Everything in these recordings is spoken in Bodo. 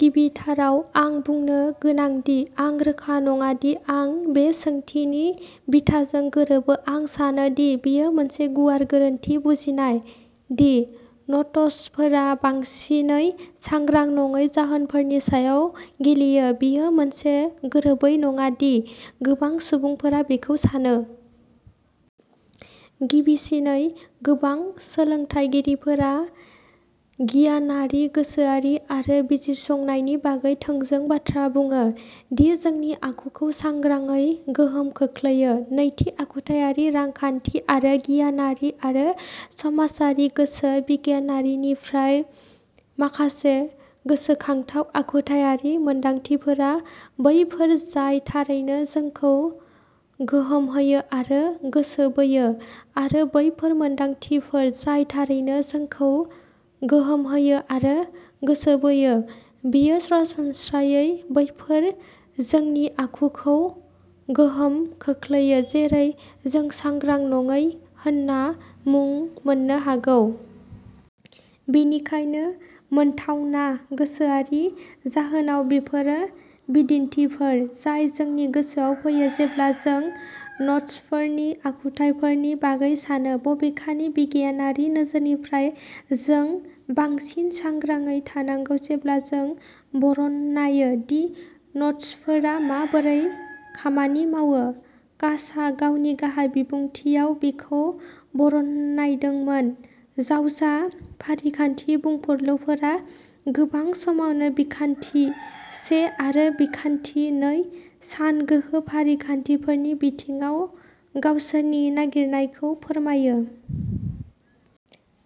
गिबिथाराव, आं बुंनो गोनां दि आं रोखा नङा दि आं बे सोंथिनि बिथाजों गोरोबो। आं सानो दि बेयो मोनसे गुवार गोरोन्थि बुजिनाय दि नड्जफोरा बांसिनै सांग्रां नङै जाहोनफोरनि सायाव गेलेयो। बेयो मोनसे गोरोबै नङा दि गोबां सुबुंफोरा बेखौ सानो। गिबिसिनै, गोबां सोलोंथायगिरिफोरा गियानारि गोसोआरि आरो बिजिरसंनायनि बागै थोंजों बाथ्रा बुङो दि जोंनि आखुखौ सांग्रांयै गोहोम खोख्लैयो। नैथि, आखुथायारि रांखान्थि आरो गियानारि आरो समाजारि गोसो बिगियाननिफ्राय माखासे गोसोखांथाव आखुथायारि मोनदांथिफोरा बैफोर जाय थारैनो जोंखौ गोमोहोयो आरो गोसोबोयो आरो बैफोर मोनदांथिफोर जाय थारैनो जोंखौ गोमोहोयो आरो गोसोबोयो बेफोरो सरासनस्रायै बैफोर जोंनि आखुखौ गोहोम खोख्लैयो जेरै जों सांग्रां नङै होनना मुं होनो हागौ। बेनिखायनो, मोनथावना गोसोआरिनि जाहोनाव, बेफोरो बिदिन्थिफोर जाय जोंनि गोसोआव फैयो जेब्ला जों नड्जफोरनि आखुथायफोरनि बागै सानो। बबेखानि, बिगियानारि नोजोरनिफ्राय जों बांसिन सांग्राङै थानांगौ जेब्ला जों बरनायो दि नड्जफोरा माबोरै खामानि मावो। कासआ गावनि गाहाय बिबुंथिआव बेखौ बरनायदोंमोन, जावजा फारिखान्थि बुंफुरलुफोरा गोबां समावनो बिखान्थि से आरो बिखान्थि नै सानगोहो फारिखान्थिफोरनि बिथिङाव गावसोरनि नागिरनायखौ फोरमायो।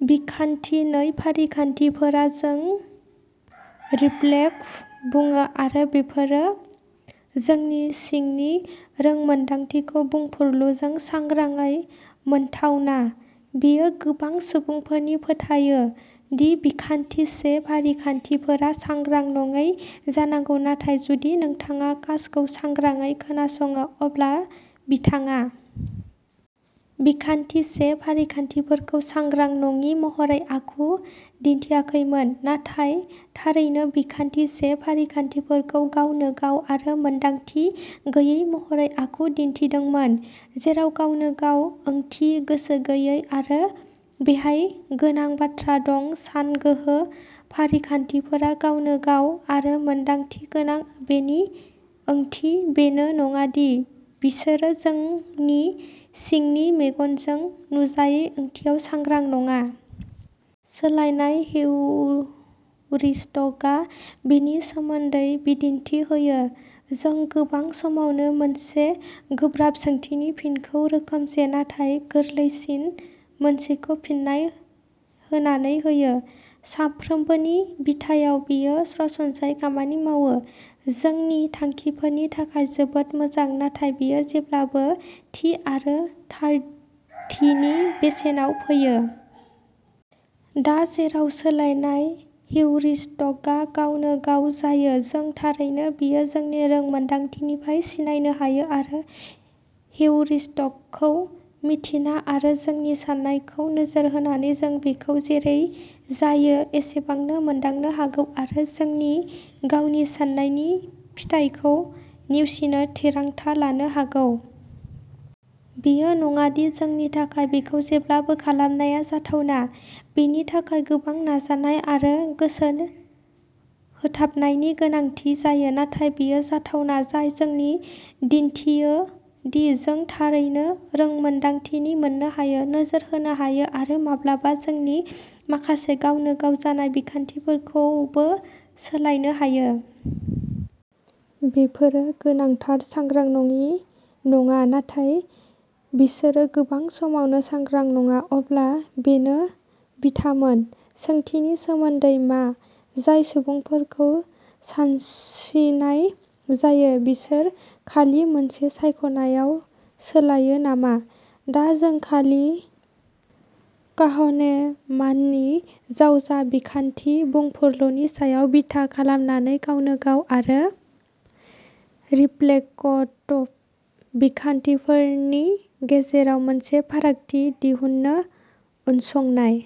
बिखान्थि नै फारिखान्थिफोरा जों रिफ्लेक्टिभ बुङो आरो बेफोरो जोंनि सिंनि रोंमोन्दांथिखौ बुंफुरलुजों सांग्रांयै मोनथावना। बेयो गोबां सुबुंफोरखौ फोथायहोयो दि बिखान्थि से फारिखान्थिफोरा सांग्रां नङि जानांगौ। नाथाय जुदि नोंथाङा कासखौ सांग्राङै खोनासङो अब्ला बिथाङा बिखान्थि से फारिखान्थिफोरखौ सांग्रां नङि महरै आखु दिन्थियाखैमोन, नाथाय थारै बिखान्थि से फारिखान्थिफोरखौ गावनो गाव आरो मोनदांथि गैयै महरै आखु दिन्थिदोंमोन, जेराव गावनो गाव ओंथिया गोसो गैयै आरो बेवहाय गोनां बाथ्रा दं सानगोहो फारिखान्थिफोरा गावनो गाव आरो मोनदांथि गोनां, बेनि ओंथिया बेनो नङा दि बिसोरो जोंनि सिंनि मेगनजों नुजायै ओंथियाव सांग्रां नङा। सोलायनाय हेउरिस्टिकआ बेनि सोमोन्दै बिदिन्थि होयो। जों गोबां समावनो मोनसे गोब्राब सोंथिनि फिनखौ रोखोमसे, नाथाय गोरलैसिन मोनसेखौ फिन्नाय होनानै होयो। सानफ्रोमबोनि बिथायाव बेयो सरासनस्रायै खामानि मावो। जोंनि थांखिफोरनि थाखाय जोबोद मोजां, नाथाय बेयो जेब्लाबो थि आरो थारथिनि बेसेनाव फैयो। दा, जेराव सोलायनाया हेउरिस्टिकआ गावनो गाव जायो, जों थारैनो बेखौ जोंनि रोंमोन्दांथिनिफ्राय सिनायनो हायो आरो हेउरिस्टिकखौ मिन्थिना आरो जोंनि साननायखौ नोजोर होनानै जों बेखौ जेरै जायो एसेबांनो मोनदांनो हागौ आरो जोंनि गावनि साननायनि फिथायखौ नेवसिनो थिरांथा लानो हागौ। बेयो नङा दि जोंनि थाखाय बेखौ जेब्लाबो खालामनाया जाथावना। बेनि थाखाय गोबां नाजानाय आरो गोसो होथाबनायनि गोनांथि जायो। नाथाय बेयो जाथावना, जाय जोंनो दिन्थियो, दि जों थारैनो रोंमोन्दांथि मोननो हायो, नोजोर होनो हायो आरो माब्लाबा जोंनि माखासे गावनो गाव जानाय बिखान्थिफोरखौ बो सोलायनो हायो। बेफोरो गोनांथारै सांग्रां नङि नङा, नाथाय बिसोरो गोबां समावनो सांग्रां नङा। अब्ला बेनो बिथामोन। सोंथिनि सोमोन्दै मा? जाय सुबुंफोरखौ नारसिन्नाय जायो बिसोर खालि मोनसे सायख'नायाव सोलायो नामा? दा, जों खालि काहनेमाननि जावजा बिखान्थि बुंफुरलुनि सायाव बिथा खालामनानै गावनो गाव आरो रिफ्लेक्टिभ बिखान्थिफोरनि गेजेराव मोनसे फारागथि दिहुनो। उनसंनाय।